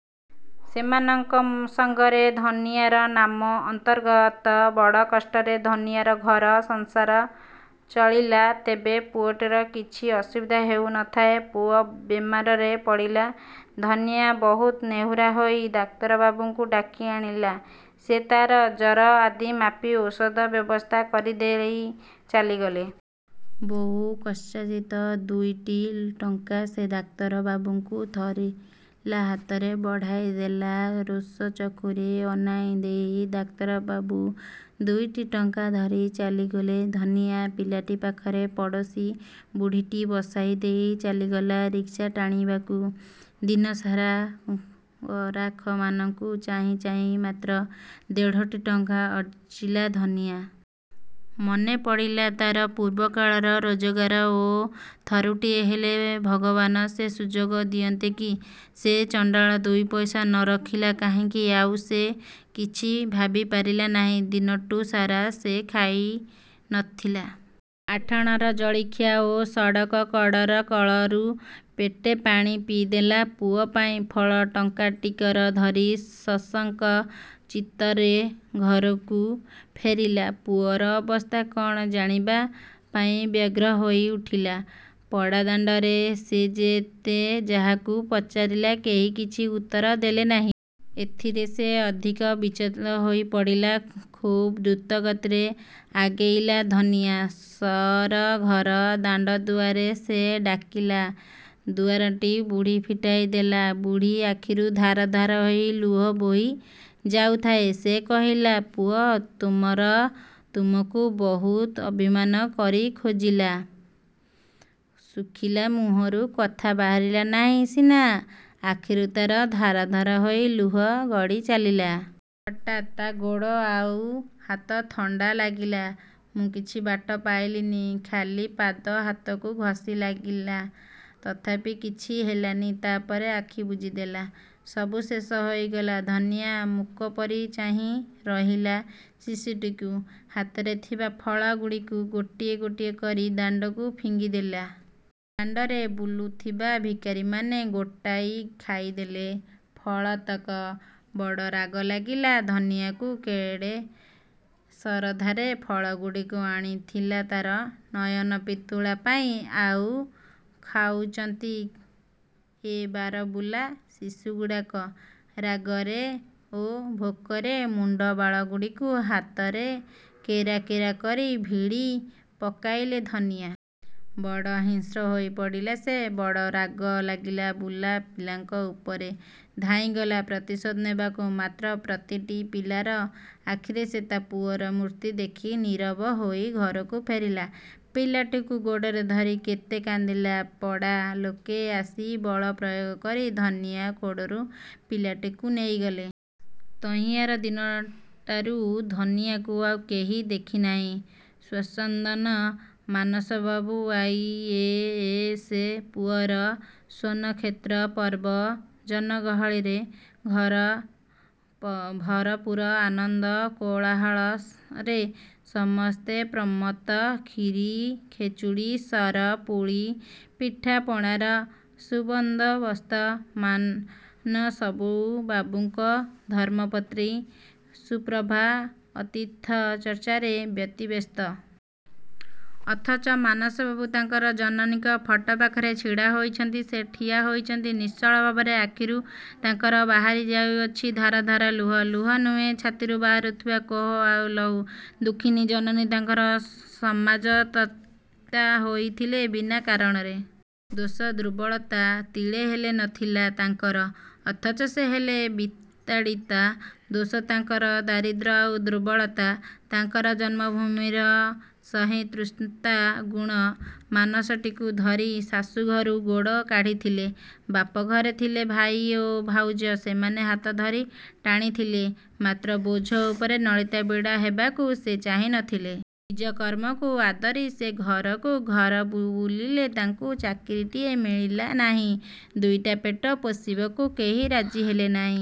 ସେମାନଙ୍କ ସଙ୍ଗରେ ଧନିଆର ନାମ ଅନ୍ତର୍ଗତ। ବଡ଼ କଷ୍ଟରେ ଧନିଆର ଘର ସଂସାର ଚଳିଲା। ତେବେ ପୁଅଟିର କିଛି ଅସୁବିଧା ହେଉ ନ ଥାଏ। ପୁଅ ବେମାରରେ ପଡ଼ିଲା। ଧନିଆ ବହୁତ ନେହୁରା ହେଇ ଡାକ୍ତରବାବୁଙ୍କୁ ଡାକି ଆଣିଲା। ସେ ତାର ଜର ଆଦି ମାପି ଔଷଧର ବ୍ୟବସ୍ଥା କରିଦେଇ ଚାଲିଗଲେ। ବହୁ କଷ୍ଟାର୍ଜିତ ଦୁଇଟି ଟଙ୍କା ସେ ଡାକ୍ତର ବାବୁଙ୍କୁ ଥରିଲା ହାତରେ ବଢ଼ାଇ ଦେଲା। ରୋଷ ଚକ୍ଷୁରେ ଅନାଇ ଦେଇ ଡାକ୍ତର ବାବୁ ଦୁଇଟି ଟଙ୍କା ଧରି ଚାଲିଗଲେ। ଧନିଆ ପିଲାଟି ପାଖରେ ପଡ଼ୋଶୀ ବୁଢ଼ୀଟି ବସାଇ ଦେଇ ଚାଲିଗଲା ରିକ୍ସା ଟାଣିବାକୁ। ଦିନସାରା ଗରାଖମାନଙ୍କୁ ଚାହିଁ ଚାହିଁ ମାତ୍ର ଦେଢ଼ୋଟି ଟଙ୍କା ଅର୍ଜିଲା ଧନିଆ। ମନେ ପଡ଼ିଲା ତାର ପୂର୍ବ କାଳର ରୋଜଗାର। ଓଃ, ଥରୁଟିଏ ହେଲେ ଭଗବାନ ସେ ସୁଯୋଗ ଦିଅନ୍ତେ କି! ସେ ଚଣ୍ତାଳ ଦୁଇ ପଇସା ନ ରଖିଲା କାହିଁକି। ଆଉ ସେ କିଛି ଭାବି ପାରିଲା ନାହିଁ। ଦିନଟୁ ସାରା ସେ ଖାଇ ନ ଥିଲା। ଆଠଣାର ଜଳଖିଆ ଓ ସଡ଼କ କଡ଼ରକଳରୁ ପେଟେ ପାଣି ପିଇଦେଲା। ପୁଅ ପାଇଁ ଫଳ ଟଙ୍କାଟିକର ଧରି ଶଶଙ୍କ ଚିତ୍ତରେ ଘରକୁ ଫେରିଲା। ପୁଅର ଅବସ୍ଥା କ'ଣ ଜାଣିବା ପାଇଁ ବ୍ୟଗ୍ର ହୋଇ ଉଠିଲା। ପଡ଼ା ଦାଣ୍ତରେ ସେ ଯେତେ ଯାହାକୁ ପଚାରିଲା କେହି କିଛି ଉତ୍ତର ଦେଲେ ନାହିଁ। ଏଥିରେ ସେ ଅଧିକ ବିଚଳିତ ହୋଇପଡ଼ିଲା। ଖୁବ୍ ଦ୍ରୁତ ଗତିରେ ଆଗେଇଲା ଧନିଆ ସଅର। ଘର ଦାଣ୍ତଦୁଆରେ ସେ ଡ଼ାକିଲା। ଦୁଆରଟି ବୁଢ଼ୀ ଫିଟାଇ ଦେଲା। ବୁଢ଼ୀ ଆଖିରୁ ଧାର ଧାର ହୋଇ ଲୁହ ବୋହି ଯାଉଥାଏ। ସେ କହିଲା—ପୁଅ ତମର ତୁମକୁ ବହୁତ ଅଭିମାନ କରି ଖୋଜିଲା, ଶୁଖିଲା ମୁହଁରୁ କଥା ବାହାରିଲା ନାହିଁ ସିନା ଆଖିରୁ ତାର ଧାର ଧାର ହୋଇ ଲୁହ ଗଡ଼ି ଚାଲିଲା। ହଠାତ୍ ତା ଗୋଡ଼ ଆଉ ହାତ ଥଣ୍ତା ଲାଗିଲା। ମୁଁ କିଛି ବାଟ ପାଇଲିନି। ଖାଲି ପାଦ ଓ ହାତକୁ ଘସି ଲାଗିଲା। ତଥାପି କିଛି ହେଲାନି, ତାପରେ ଆଖି ବୁଜିଦେଲା। ସବୁ ଶେଷ ହୋଇଗଲା। ଧନିଆ ମୂକ ପରି ଚାହିଁ ରହିଲା ଶିଶୁଟିକୁ। ହାତରେ ଥିବା ଫଳ ଗୁଡ଼ିକୁ ଗୋଟି ଗୋଟି କରି ଦାଣ୍ତକୁ ଫିଙ୍ଗିଦେଲେ। ଦାଣ୍ତରେ ବୁଲୁଥିବା ଭିକାରୀମାନେ ଗୋଟାଇ ଖାଇଦେଲେ ଫଳତକ। ବଡ଼ ରାଗ ଲାଗିଲା ଧନିଆକୁ। କେଡ଼େ ଶରଧାରେ ଫଳଗୁଡ଼ିକ ଆଣିଥିଲା ତାର ନୟନ ପିତୁଳା ପାଇଁ, ଆଉ ଖାଉଚନ୍ତି ଏ ବାରବୁଲା ଶିଶୁଗୁଡ଼ାକ। ରାଗରେ ଓ କ୍ଷୋଭରେ ମୁଣ୍ତ ବାଳଗୁଡ଼ିକୁ ହାତରେ କେରା କେରା କରି ଭିଡ଼ି ପକାଇଲେ ଧନିଆ। ବଡ଼ ହିଂସ୍ର ହୋଇଉଠିଲା ସେ। ବଡ଼ ରାଗ ଲାଗିଲା ବୁଲା ପିଲାଙ୍କ ଉପରେ। ଧାଇଁଗଲା ପ୍ରତିଶୋଧ ନେବାକୁ। ମାତ୍ର ପ୍ରତିଟି ପିଲାର ଆଖିରେ ସେ ତା ପୁଅର ମୂର୍ତ୍ତି ଦେଖି ନୀରବ ହୋଇ ଘରକୁ ଫେରିଲା। ପିଲାଟିକୁ କୋଡ଼ରେ ଧରି କେତେ କାନ୍ଦିଲା। ପଡ଼ା ଲୋକେ ଆସି ବଳ ପ୍ରୟୋଗ କରି ଧନିଆ କୋଡ଼ରୁ ପିଲାଟିକୁ ନେଇଗଲେ। ତହିଁଆର ଦିନଟାରୁ ଧନିଆକୁ ଆଉ କେହି ଦେଖିନାହିଁ। ହୃତ୍ସ୍ପନ୍ଦନ Manas babu, I. A. S. ପୁଅର ସ୍ୱନକ୍ଷେତ୍ର ପର୍ବ। ଜନଗହଳିରେ ଘର ଭରପୂର। ଆନନ୍ଦ କୋଳାହଳରେ ସମସ୍ତେ ପ୍ରମତ୍ତ। କ୍ଷୀରୀ, ଖେଚୁଡ଼ୀ, ସର, ପୁଳି, ପିଠା ପଣାର ସୁବନ୍ଦୋବସ୍ତ। ମାନସବାବୁଙ୍କ ଧର୍ମପତ୍ନୀ ସୁପ୍ରଭା ଅତିଥି ଚର୍ଚ୍ଚାରେ ବ୍ୟତିବ୍ୟସ୍ତ। ଅଥଚ ମାନସବାବୁ ତାଙ୍କ ଜନନୀଙ୍କ ଫଟୋ ପାଖରେ ଛିଡ଼ା ହୋଇଚନ୍ତି। ସେ ଠିଆ ହୋଇଚନ୍ତି ନିଶ୍ଚଳ ଭାବରେ, ଆଖିରୁ ତାଙ୍କର ବହିଯାଉଅଛି ଧାର ଧାର ଲୁହ। ଲୁହ ନୁହେଁ, ଛାତିରୁ ବାହାରୁଥିବା କୋହ ଆଉ ଲହୁ। ଦୁଃଖିନୀ ଜନନୀ ତାଙ୍କର। ସମାଜତ୍ୟକ୍ତା ହୋଇଥିଲେ ବିନା କାରଣରେ। ଦୋଷ ଦୁର୍ବଳତା ତିଳେ ହେଲେ ନ ଥିଲା ତାଙ୍କର। ଅଥଚ ସେ ହେଲେ ବିତାଡ଼ିତା। ଦୋଷ ତାଙ୍କର ଦାରିଦ୍ର୍ୟ ଆଉ ଦୁର୍ବଳତା ତାଙ୍କର ଜନ୍ମଭୂମିର ସହିଷ୍ଣୁତା ଗୁଣ। ମାନସଟିକୁ ଧରି ଶାଶୁ ଘରୁ ଗୋଡ଼ କାଢ଼ିଥିଲେ। ବାପ ଘରେ ଥିଲେ ଭାଇ ଓ ଭାଉଜ-। ସେମାନେ ହାତ ଧରି ଟାଣିଥିଲେ, ମାତ୍ର ବୋଝ ଉପରେ ନଳିତା ବିଡ଼ା ହେବାକୁ ସେ ଚାହିଁ ନ ଥିଲେ। ନିଜ କର୍ମକୁ ଆଦରି ସେ ଘରକୁ ଘର ବୁଲିଲେ। ତାଙ୍କୁ ଚାକିରୀଟିଏ ମିଳିଲା ନାହିଁ-। ଦୁଇଟା ପେଟ ପୋଷିବାକୁ କେହି ରାଜି ହେଲେ ନାହିଁ।